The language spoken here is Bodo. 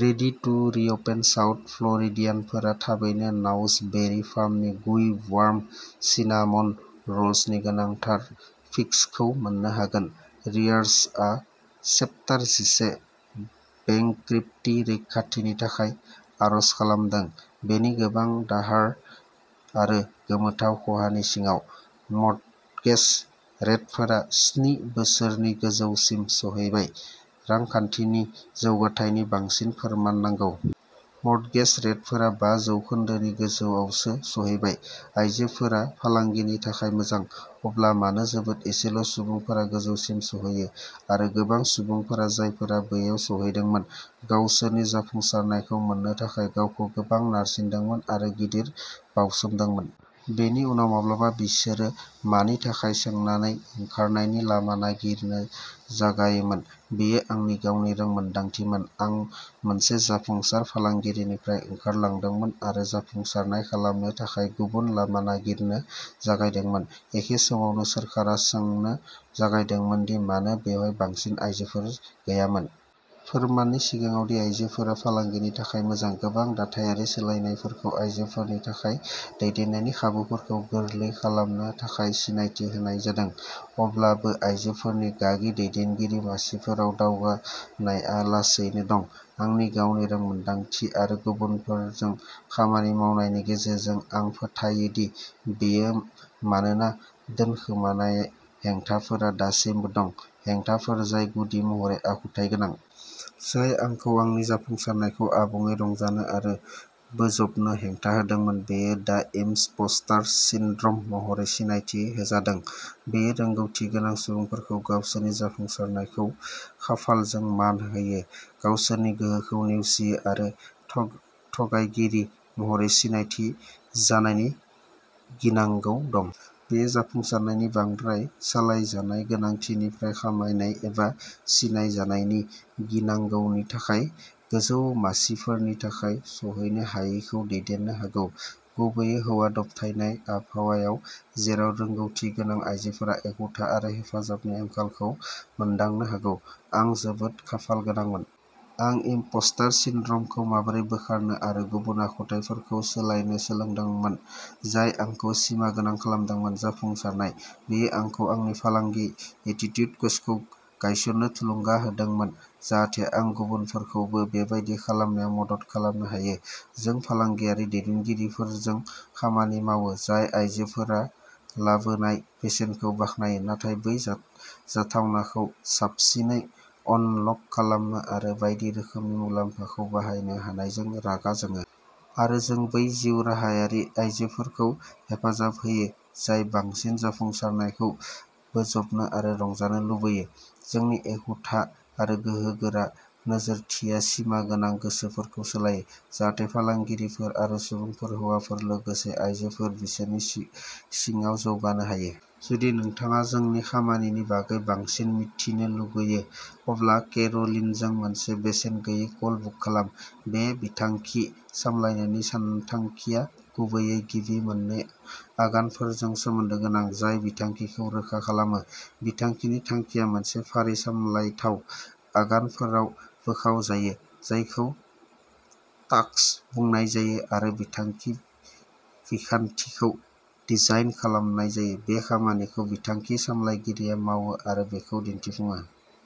रेडी टु रिअपेन साउथ फ्ल'रिडियानफोरा थाबैनो नाउस बेरि फार्मनि गुई, वार्म सिनामन र'ल्सनि गोनांथार फिक्सखौ मोन्नो हागोन। सियार्सआ चेप्टार जिसे बेंक्रप्टि रैखाथिनि थाखाय आर'ज खालामदों, बेनि गोबां दाहार आरो गोमोथाव खहानि सिङाव। मर्टगेज रेटफोरा स्नि बोसोरनि गोजौसिम सौहैबाय, रांखान्थिनि जौगाथायनि बांसिन फोरमान नांगौ? मर्टगेज रेटफोरा बा जौखोन्दो नि गोजौआवसो सौहैबाय। आयजोफोरा फालांगिनि थाखाय मोजां। अब्ला मानो जोबोद एसेल' सुबुंफोरा गोजौसिम सौहैयो आरो गोबां सुबुंफोरा जायफोरा बैयाव सौहैदोंमोन गावसोरनि जाफुंसारनायखौ मोननो थाखाय गावखौ गोबां नारसिनदोंमोन आरो गिदिर बावसोमदोंमोन। बेनि उनाव, माब्लाबा बिसोरो मानि थाखाय सोंनानै ओंखारनायनि लामा नागिरनो जागायोमोन। बेयो आंनि गावनि रोंमोनदांथिमोन। आं मोनसे जाफुंसार फालांगिनिफ्राय ओंखारलांदोंमोन आरो जाफुंसारनाय खालामनो थाखाय गुबुन लामा नागिरनो जागायदोंमोन। एखे समावनो सोरखारा सोंनो जागायदोंमोन दि मानो बेयाव बांसिन आइजोफोर गैयामोन। फोरमाननि सिगाङाव दि आइजोफोरा फालांगिनि थाखाय मोजां। गोबां दाथायारि सोलायनायफोरखौ आइजोफोरनि थाखाय दैदेननायनि खाबुफोरखौ गोरलै खालामनो थाखाय सिनायथि होनाय जादों। अब्लाबो आइजोफोरनि गागि दैदेनगिरि मासिफोराव दावगानायआ लासैनो दं। आंनि गावनि रोंमोनदांथि आरो गुबुनफोरजों खामानि मावनायनि गेजेरजों, आं फोथायो दि बेयो मानोना दोनखोमानाय हेंथाफोरा दासिमबो दं; हेंथाफोर जाय गुदि महरै आखुथाय गोनां। जाय आंखौ आंनि जाफुंसारनायखौ आबुङै रंजानो आरो बोजबनो हेंथा होदोंमोन, बेयो दा इमपस्टार सिन्ड्रम महरै सिनायथि होजादों। बेयो रोंग'थिगोनां सुबुंफोरखौ गावसोरनि जाफुंसारनायफोरखौ खाफालजों मान होयो, गावसोरनि गोहोखौ नेवसियो आरो थग थगायगिरि महरै सिनायथि जानायनि गिनांगौ दं। बेयो जाफुंसारनायनि बांद्राय सालायजानाय गोनांथिनिफ्राय खामनाय एबा सिनायजानायनि गिनांगौनि थाखाय गोजौ मासिफोरनि थाखाय सौहैनो हायैखौ दैदेननो हागौ। गुबैयै हौवा दबथायनाय आबहावायाव जेराव रोंग'थिगोनां आइजोफोरा एखुथा आरो हेफाजाबनि आंखालखौ मोनदांनो हागौ। आं जोबोद खाफाल गोनांमोन। आं इमपस्टार सिन्ड्रमखौ माबोरै बोखारनो आरो गुबुन आखुथाइफोरखौ सोलायनो सोलोंदोंमोन जाय आंखौ सिमागोनां खालामदोंमोन। जाफुंसारनाय। बेयो आंखौ आंनि फालांगि, एटिट्युड कचखौ गायसन्नो थुलुंगा होदोंमोन, जाहाथे आं गुबुनफोरखौबो बेबादि खालामनायाव मदद खालामनो हायो। जों फालांगियारि दैदेनगिरिफोरजों खामानि मावो, जाय आयजोफोरा लाबोनाय बेसेनखौ बाख्नायो, नाथाय बै जाफ जाथावनाखौ साबसिनै अनलक खालामनो आरो बायदि रोखोमनि मुलाम्फाखौ बाहायनो हानायजों रागा जोङो। आरो जों बै जिउराहायारि आयजोफोरखौ हेफाजाब होयो, जाय बांसिन जाफुंसारनायखौ बोजबनो आरो रंजानो लुबैयो। जोंनि एखुथा आरो गोहोगोरा नोजोरथिया सिमा गोनां गोसोफोरखौ सोलायो, जाहाथे फालांगिफोर आरो सुबुंफोर हौवाफोर लोगोसे आयजोफोर बिसोरनि सिङाव जौगानो हायो। जुदि नोंथाङा जोंनि खामानिनि बागै बांसिन मिथिनो लुगैयो, अब्ला केर'लिनजों मोनसे बेसेन गैयै कल बुक खालाम। बे बिथांखि सामलायनायनि सानथांखिआ गुबैयै गिबि मोन्नै आगानफोरजों सोमोन्दो गोनां, जाय बिथांखिखौ रोखा खालामो; बिथांखिनि थांखिया मोनसे फारि सामलायथाव आगानफोराव बोखावजायो, जायखौ टास्क बुंनाय जायो आरो बिथांखि बिखान्थिखौ डिजाइन खालामनाय जायो; बे खामानिखौ बिथांखि सामलायगिरिया मावो आरो बेखौ दिन्थिफुङो।